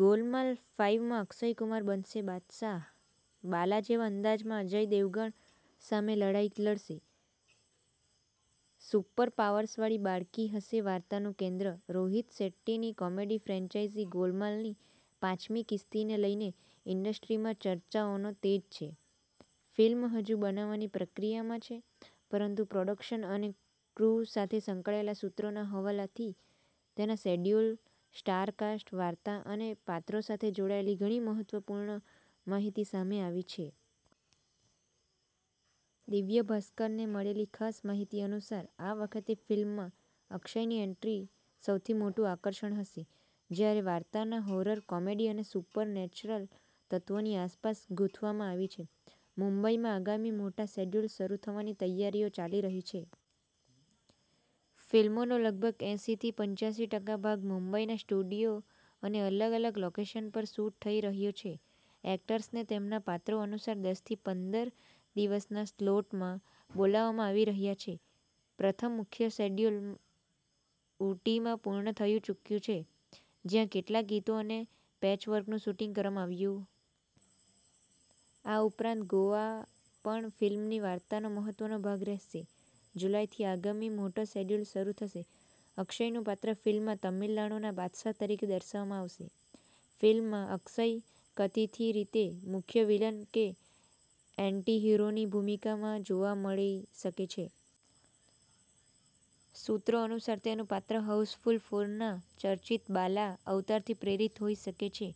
Golmaal five માં અક્ષય કુમાર બનશે 'બાદશાહ.' 'બાલા' જેવા અંદાજમાં અજય દેવગણ સામે લડાઈ લડશે, સુપરપાવર્સવાળી બાળકી હશે વાર્તાનું કેન્દ્ર. રોહિત શેટ્ટીની કોમેડી ફ્રેન્ચાઇઝ 'ગોલમાલ'ની પાંચમી કીસ્તને લઈને ઇન્ડસ્ટ્રીમાં ચર્ચાઓ તેજ છે. ફિલ્મ હજુ બનવાની પ્રક્રિયામાં છે, પરંતુ પ્રોડક્શન અને ક્રૂ સાથે સંકળાયેલા સૂત્રોના હવાલાથી તેના શેડ્યૂલ, સ્ટારકાસ્ટ, વાર્તા અને પાત્રો સાથે જોડાયેલી ઘણી મહત્વપૂર્ણ માહિતી સામે આવી છે. દિવ્ય ભાસ્કરને મળેલી ખાસ માહિતી અનુસાર, આ વખતે ફિલ્મમાં અક્ષયની એન્ટ્રી સૌથી મોટું આકર્ષણ હશે, જ્યારે વાર્તા હોરર-કોમેડી અને સુપરનેચરલ તત્વોની આસપાસ ગૂંથવામાં આવી છે. મુંબઈમાં આગામી મોટા શેડ્યૂલ શરૂ થવાની તૈયારીઓ ચાલી રહી છે. ફિલ્મનો લગભગ એંસી થી પંચ્યાસી ટકા ભાગ મુંબઈના સ્ટુડિયો અને અલગ-અલગ લોકેશન્સ પર શૂટ થઈ રહ્યો છે. એક્ટર્સને તેમના પાત્રો અનુસાર દસ થી પંદર દિવસના સ્લોટમાં બોલાવવામાં આવી રહ્યા છે. પ્રથમ મુખ્ય શેડ્યૂલ ઊટીમાં પૂર્ણ થઈ ચૂક્યું છે, જ્યાં કેટલાક ગીતો અને પેચવર્કનું શૂટિંગ કરવામાં આવ્યું. આ ઉપરાંત ગોવા પણ ફિલ્મની વાર્તાનો મહત્વનો ભાગ રહેશે. જુલાઈથી આગામી મોટો શેડ્યૂલ શરૂ થશે. અક્ષયનું પાત્ર ફિલ્મમાં તમિલનાડુના 'બાદશાહ' તરીકે દર્શાવવામાં આવશે. ફિલ્મમાં અક્ષય કથિત રીતે મુખ્ય વિલન કે એન્ટી-હીરોની ભૂમિકામાં જોવા મળી શકે છે. સૂત્રો અનુસાર, તેનું પાત્ર 'હાઉસફુલ ફોર'ના ચર્ચિત 'બાલા' અવતારથી પ્રેરિત હોઈ શકે છે.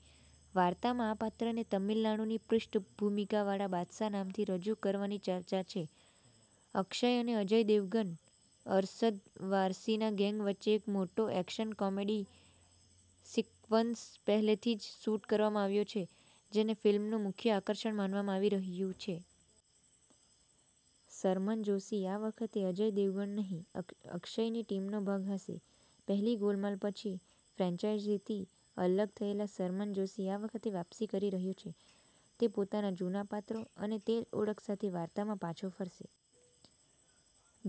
વાર્તામાં આ પાત્રને તમિલનાડુની પૃષ્ઠભૂમિવાળા 'બાદશાહ' નામથી રજૂ કરવાની ચર્ચા છે. અક્ષય અને અજય દેવગન-અરશદ વારસીની ગેંગ વચ્ચે એક મોટો એક્શન-કોમેડી સિક્વન્સ પહેલેથી જ શૂટ કરવામાં આવ્યો છે, જેને ફિલ્મનું મુખ્ય આકર્ષણ માનવામાં આવી રહ્યું છે. શરમન જોશી આ વખતે અજય દેવગનની નહીં, અક્ષયની ટીમનો ભાગ હશે. પહેલી 'ગોલમાલ' પછી ફ્રેન્ચાઇઝથી અલગ થયેલા શરમન જોશી આ વખતે વાપસી કરી રહ્યો છે. તે પોતાના જૂના પાત્ર અને તે જ ઓળખ સાથે વાર્તામાં પાછો ફરશે.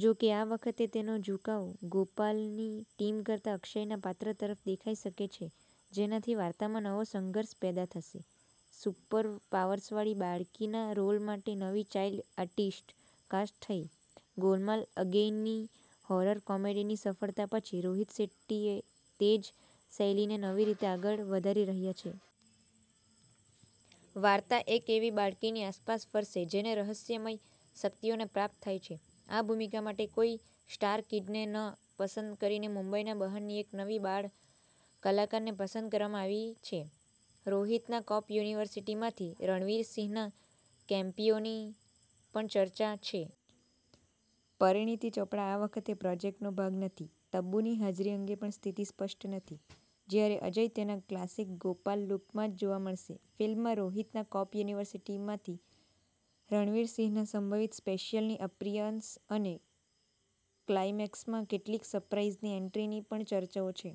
જોકે, આ વખતે તેનો ઝુકાવ ગોપાલની ટીમ કરતાં અક્ષયના પાત્ર તરફ દેખાઈ શકે છે, જેનાથી વાર્તામાં નવો સંઘર્ષ પેદા થશે. સુપરપાવર્સવાળી બાળકીના રોલ માટે નવી ચાઈલ્ડ આર્ટિસ્ટ કાસ્ટ થઈ. 'ગોલમાલ અગેઇન'ની હોરર-કોમેડી સફળતા પછી રોહિત શેટ્ટી તે જ શૈલીને નવી રીતે આગળ વધારી રહ્યા છે. વાર્તા એક એવી બાળકીની આસપાસ ફરશે, જેને રહસ્યમય શક્તિઓ પ્રાપ્ત થાય છે. આ ભૂમિકા માટે કોઈ સ્ટારકિડને ન પસંદ કરીને મુંબઈ બહારની એક નવી બાળ કલાકારને પસંદ કરવામાં આવી છે. રોહિતના કોપ યુનિવર્સમાંથી રણવીર સિંહના કેમિયોની પણ ચર્ચા છે. પરિણીતિ ચોપરા આ વખતે પ્રોજેક્ટનો ભાગ નથી. તબુની હાજરી અંગે પણ સ્થિતિ સ્પષ્ટ નથી. જ્યારે અજય તેના ક્લાસિક 'ગોપાલ' લુકમાં જ જોવા મળશે. ફિલ્મમાં રોહિતના કોપ યુનિવર્સમાંથી રણવીર સિંહના સંભવિત સ્પેશિયલ અપિયરન્સ અને ક્લાઇમેક્સમાં કેટલીક સરપ્રાઇઝ એન્ટ્રીની પણ ચર્ચાઓ છે.